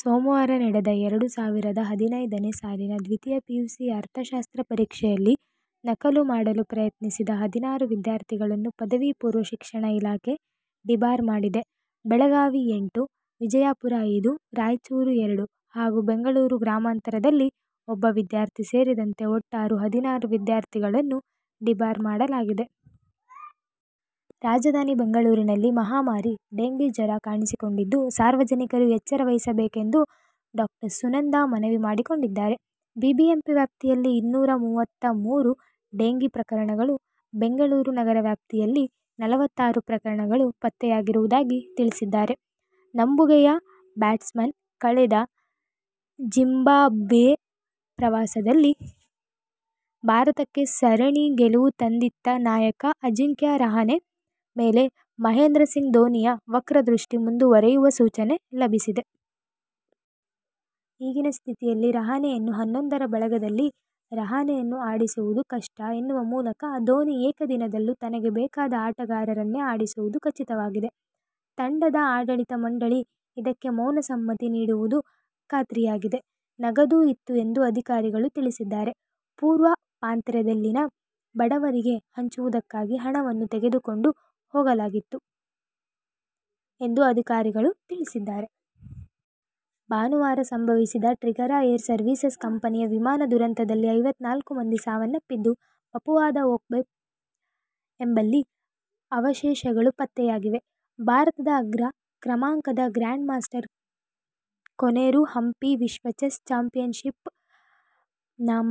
ಸೋಮವಾರ ನಡೆದ ಎರಡು ಸಾವಿರದ ಹದಿನೈದನೇ ಸಾಲಿನ ದ್ವಿತೀಯ ಪಿಯುಸಿ ಅರ್ಥಶಾಸ್ತ್ರ ಪರೀಕ್ಷೆಯಲ್ಲಿ ನಕಲು ಮಾಡಲು ಪ್ರಯತ್ನಿಸಿದ ಹದಿನಾರು ವಿದ್ಯಾರ್ಥಿಗಳನ್ನು ಪದವಿ ಪೂರ್ವ ಶಿಕ್ಷಣ ಇಲಾಖೆ ಡಿಬಾರ್ ಮಾಡಿದೆ. ಬೆಳಗಾವಿ- ಎಂಟು, ವಿಜಾಪುರ- ಐದು, ರಾಯಚೂರು- ಎರಡು ಹಾಗೂ ಬೆಂಗಳೂರು ಗ್ರಾಮಾಂತರದಲ್ಲಿ ಒಬ್ಬ ವಿದ್ಯಾರ್ಥಿ ಸೇರಿದಂತೆ ಒಟ್ಟಾರೆ ಹದಿನಾರು ವಿದ್ಯಾರ್ಥಿಗಳನ್ನು ಡಿಬಾರ್ ಮಾಡಲಾಗಿದೆ. ರಾಜಧಾನಿ ಬೆಂಗಳೂರಿನಲ್ಲಿ ಮಹಾಮಾರಿ ಡೇಂಘಿ ಜ್ವರ ಕಾಣಿಸಿಕೊಂಡಿದ್ದು, ಸಾರ್ವಜನಿಕರು ಎಚ್ಚರ ವಹಿಸಬೇಕೆಂದು ಡಾ. ಸುನಂದಾ ಮನವಿ ಮಾಡಿಕೊಂಡಿದ್ದಾರೆ. ಬಿಬಿಎಂಪಿ ವ್ಯಾಪ್ತಿಯಲ್ಲಿ ಇನ್ನೂರ ಮೂವತ್ತಮೂರು ಡೇಂಘೀ ಪ್ರಕರಣಗಳು, ಬೆಂಗಳೂರು ನಗರ ವ್ಯಾಪ್ತಿಯಲ್ಲಿ ನಲವತ್ತಾರು ಪ್ರಕರಣಗಳು ಪತ್ತೆಯಾಗಿರುವುದಾಗಿ ತಿಳಿಸಿದ್ದಾರೆ. ನಂಬುಗೆಯ ಬ್ಯಾಟ್ಸ್ಮನ್, ಕಳೆದ ಜಿಂಬಾಬ್ವೆ ಪ್ರವಾಸದಲ್ಲಿ ಭಾರತಕ್ಕೆ ಸರಣಿ ಗೆಲುವು ತಂದಿತ್ತ ನಾಯಕ ಅಜಿಂಕ್ಯ ರಹಾನೆ ಮೇಲೆ ಮಹೇಂದ್ರ ಸಿಂಗ್ ಧೋನಿಯ ವಕ್ರದೃಷ್ಟಿ ಮುಂದುವರಿಯುವ ಸೂಚನೆ ಲಭಿಸಿದೆ. ಈಗಿನ ಸ್ಥಿತಿಯಲ್ಲಿ ರಹಾನೆಯನ್ನು ಹನ್ನೊಂದರ ಬಳಗದಲ್ಲಿ ರಹಾನೆಯನ್ನು ಆಡಿಸುವುದು ಕಷ್ಟ ಎನ್ನುವ ಮೂಲಕ ಧೋನಿ ಏಕದಿನದಲ್ಲೂ ತನಗೆ ಬೇಕಾದ ಆಟಗಾರರನ್ನೇ ಆಡಿಸುವುದು ಖಚಿತವಾಗಿದೆ. ತಂಡದ ಆಡಳಿತ ಮಂಡಳಿ ಇದಕ್ಕೆ ಮೌನ ಸಮ್ಮತಿ ನೀಡುವುದೂ ಖಾತ್ರಿಯಾಗಿದೆ. ನಗದು ಇತ್ತು ಎಂದು ಅಧಿಕಾರಿಗಳು ತಿಳಿಸಿದ್ದಾರೆ. ಪೂರ್ವ ಪಾಂತ್ರ್ಯದಲ್ಲಿನ ಬಡವರಿಗೆ ಹಂಚುವುದಕ್ಕಾಗಿ ಹಣವನ್ನು ತೆಗೆದುಕೊಂಡು ಹೋಗಲಾಗುತ್ತಿತ್ತು ಎಂದು ಅಧಿಕಾರಿಗಳು ತಿಳಿಸಿದ್ದಾರೆ. ಭಾನುವಾರ ಸಂಭವಿಸಿದ ಟ್ರಿಗಾರಾ ಏರ್ ಸರ್ವೀಸಸ್ ಕಂಪನಿಯ ವಿಮಾನ ದುರಂತದಲ್ಲಿ ಐವತ್ತನಾಲ್ಕು ಮಂದಿ ಸಾವನ್ನಪ್ಪಿದ್ದು, ಪಪುವಾದ ಓಕ್ಬೇಪ್ ಎಂಬಲ್ಲಿ ಅವಶೇಷಗಳು ಪತ್ತೆಯಾಗಿವೆ. ಭಾರತದ ಅಗ್ರ ಕ್ರಮಾಂಕದ ಗ್ರ್ಯಾಂಡ್ ಮಾಸ್ಟರ್ ಕೊನೆರು ಹಂಪಿ ವಿಶ್ವ ಚೆಸ್ ಚಾಂಪಿಯನ್ಶಿಪ್ನ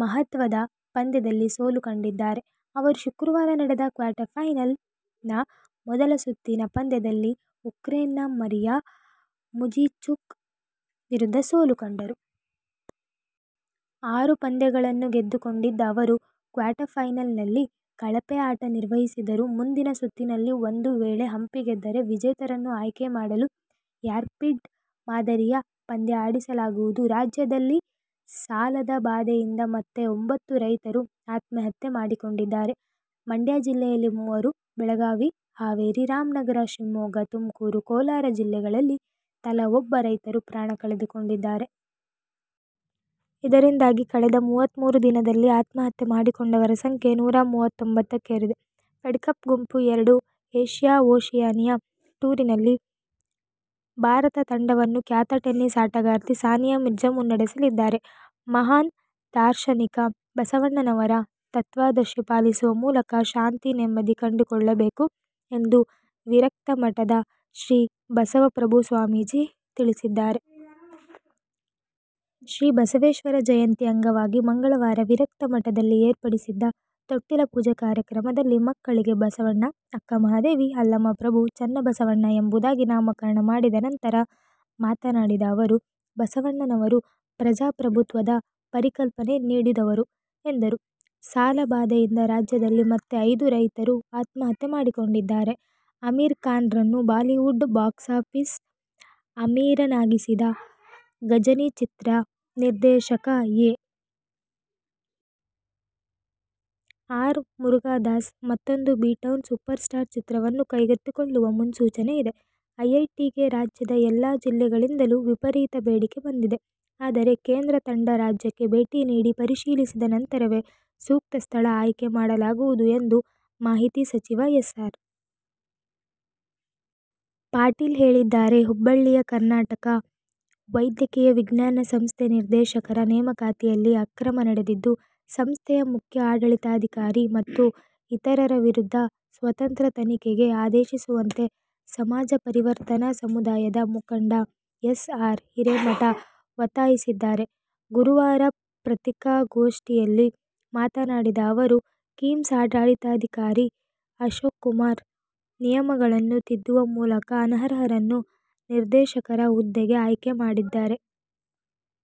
ಮಹತ್ವದ ಪಂದ್ಯದಲ್ಲಿ ಸೋಲು ಕಂಡಿದ್ದಾರೆ. ಅವರು ಶುಕ್ರವಾರ ನಡೆದ ಕ್ವಾರ್ಟರ್ ಫೈನಲ್ನ ಮೊದಲ ಸುತ್ತಿನ ಪಂದ್ಯದಲ್ಲಿ ಉಕ್ರೇನ್ನ ಮರಿಯಾ ಮುಜಿಚುಕ್ ವಿರುದ್ಧ ಸೋಲು ಕಂಡರು. ಆರು ಪಂದ್ಯಗಳನ್ನು ಗೆದ್ದುಕೊಂಡಿದ್ದ ಅವರು ಕ್ವಾರ್ಟರ್ಫೈನಲ್ನಲ್ಲಿ ಕಳಪೆ ಆಟ ನಿರ್ವಹಿಸಿದರು. ಮುಂದಿನ ಸುತ್ತಿನಲ್ಲಿ ಒಂದು ವೇಳೆ ಹಂಪಿ ಗೆದ್ದರೆ, ವಿಜೇತರನ್ನು ಆಯ್ಕೆ ಮಾಡಲು, ರ್ಯಾಪಿಡ್ ಮಾದರಿಯ ಪಂದ್ಯ ಆಡಿಸಲಾಗುವುದು. ರಾಜ್ಯದಲ್ಲಿ ಸಾಲದ ಬಾಧೆಯಿಂದ ಮತ್ತೆ ಒಂಬತ್ತು ರೈತರು ಆತ್ಮಹತ್ಯೆ ಮಾಡಿಕೊಂಡಿದ್ದಾರೆ. ಮಂಡ್ಯ ಜಿಲ್ಲೆಯಲ್ಲಿ ಮೂವರು, ಬೆಳಗಾವಿ, ಹಾವೇರಿ, ರಾಮನಗರ, ಶಿವಮೊಗ್ಗ, ತುಮಕೂರು, ಕೋಲಾರ ಜಿಲ್ಲೆಗಳಲ್ಲಿ ತಲಾ ಒಬ್ಬ ರೈತರು ಪ್ರಾಣ ಕಳೆದುಕೊಂಡಿದ್ದಾರೆ. ಇದರಿಂದಾಗಿ ಕಳೆದ ಮೂವತ್ತಮೂರು ದಿನದಲ್ಲಿ ಆತ್ಮಹತ್ಯೆ ಮಾಡಿಕೊಂಡವರ ಸಂಖ್ಯೆ ನೂರಾಮೂವತ್ತೊಂಬ್ಬತ್ತು ಕ್ಕೇರಿದೆ. ಫೆಡ್ಕಪ್ ಗುಂಪು ಎರಡು ಏಶ್ಯಾ-ಒಶಿಯಾನಿಯಾ ಟೂರ್ನಿಯಲ್ಲಿ ಭಾರತ ತಂಡವನ್ನು ಖ್ಯಾತ ಟೆನ್ನಿಸ್ ಆಟಗಾರ್ತಿ ಸಾನಿಯಾ ಮಿರ್ಜಾ ಮುನ್ನಡೆಸಲಿದ್ದಾರೆ. ಮಹಾನ್ ದಾರ್ಶನಿಕ ಬಸವಣ್ಣನವರ ತತ್ವಾದರ್ಶ ಪಾಲಿಸುವ ಮೂಲಕ ಶಾಂತಿ, ನೆಮ್ಮದಿ ಕಂಡುಕೊಳ್ಳಬೇಕು ಎಂದು ವಿರಕ್ತ ಮಠದ ಶ್ರೀ ಬಸವಪ್ರಭು ಸ್ವಾಮೀಜಿ ತಿಳಿಸಿದ್ದಾರೆ. ಶ್ರೀ ಬಸವೇಶ್ವರ ಜಯಂತಿ ಅಂಗವಾಗಿ ಮಂಗಳವಾರ ವಿರಕ್ತ ಮಠದಲ್ಲಿ ಏರ್ಪಡಿಸಿದ್ದ ತೊಟ್ಟಿಲ ಪೂಜೆ ಕಾರ್ಯಕ್ರಮದಲ್ಲಿ ಮಕ್ಕಳಿಗೆ ಬಸವಣ್ಣ, ಅಕ್ಕಮಹಾದೇವಿ, ಅಲ್ಲಮಪ್ರಭು, ಚನ್ನಬಸವಣ್ಣ ಎಂಬುದಾಗಿ ನಾಮಕರಣ ಮಾಡಿದ ನಂತರ ಮಾತನಾಡಿದ ಅವರು, ಬಸವಣ್ಣನವರು ಪ್ರಜಾಪ್ರಭುತ್ವದಪರಿಕಲ್ಪನೆ ನೀಡಿದವರು ಎಂದರು. ಸಾಲಬಾಧೆಯಿಂದ ರಾಜ್ಯದಲ್ಲಿ ಮತ್ತೆ ಐದು ರೈತರು ಆತ್ಮಹತ್ಯೆ ಮಾಡಿಕೊಂಡಿದ್ದಾರೆ. ಅಮೀರ್ ಖಾನ್'ರನ್ನು ಬಾಲಿವುಡ್ ಬಾಕ್ಸಾಫೀಸ್ ಅಮೀರನಾಗಿಸಿದ ಘಜನಿ ಚಿತ್ರ ನಿರ್ದೇಶಕ ಎ. ಆರ್. ಮುರುಗದಾಸ್ ಮತ್ತೊಂದು ಬಿಟೌನ್ ಸೂಪರ್ ಸ್ಟಾರ್ ಚಿತ್ರವನ್ನು ಕೈಗೆತ್ತಿಕೊಳ್ಳುವ ಮುನ್ಸೂಚನೆಯಿದೆ. ಐಐಟಿಗೆ ರಾಜ್ಯದ ಎಲ್ಲಾ ಜಿಲ್ಲೆಗಳಿಂದಲೂ ವಿಪರೀತ ಬೇಡಿಕೆ ಬಂದಿದೆ. ಆದರೆ, ಕೇಂದ್ರ ತಂಡ ರಾಜ್ಯಕ್ಕೆ ಭೇಟಿ ನೀಡಿ ಪರಿಶೀಲಿಸಿದ ನಂತರವೇ ಸೂಕ್ತ ಸ್ಥಳ ಆಯ್ಕೆ ಮಾಡಲಾಗುವುದು ಎಂದು ಮಾಹಿತಿ, ಸಚಿವ ಎಸ್. ಆರ್. ಪಾಟೀಲ್ ಹೇಳಿದ್ದಾರೆ. ಹುಬ್ಬಳ್ಳಿಯ ಕರ್ನಾಟಕ ವೈದ್ಯಕೀಯ ವಿಜ್ಞಾನ ಸಂಸ್ಥೆ ನಿರ್ದೇಶಕರ ನೇಮಕಾತಿಯಲ್ಲಿ ಅಕ್ರಮ ನಡೆದಿದ್ದು, ಸಂಸ್ಥೆಯ ಮುಖ್ಯ ಆಡಳಿತಾಧಿಕಾರಿ ಮತ್ತು ಇತರರ ವಿರುದ್ಧ ಸ್ವತಂತ್ರ ತನಿಖೆಗೆ ಆದೇಶಿಸುವಂತೆ ಸಮಾಜ ಪರಿವರ್ತನಾ ಸಮುದಾಯದ ಮುಖಂಡ ಎಸ್. ಆರ್. ಹಿರೇಮಠ ಒತ್ತಾಯಿಸಿದ್ದಾರೆ. ಗುರುವಾರ ಪತ್ರಿಕಾಗೋಷ್ಠಿಯಲ್ಲಿ ಮಾತನಾಡಿದ ಅವರು, ಕಿಮ್ಸ್ ಆಡಳಿತಾಧಿಕಾರಿ ಅಶೋಕ್ಕುಮಾರ್ ನಿಯಮಗಳನ್ನು ತಿದ್ದುವ ಮೂಲಕ ಅನರ್ಹರನ್ನು ನಿರ್ದೇಶಕರ ಹುದ್ದೆಗೆ ಆಯ್ಕೆ ಮಾಡಿದ್ದಾರೆ.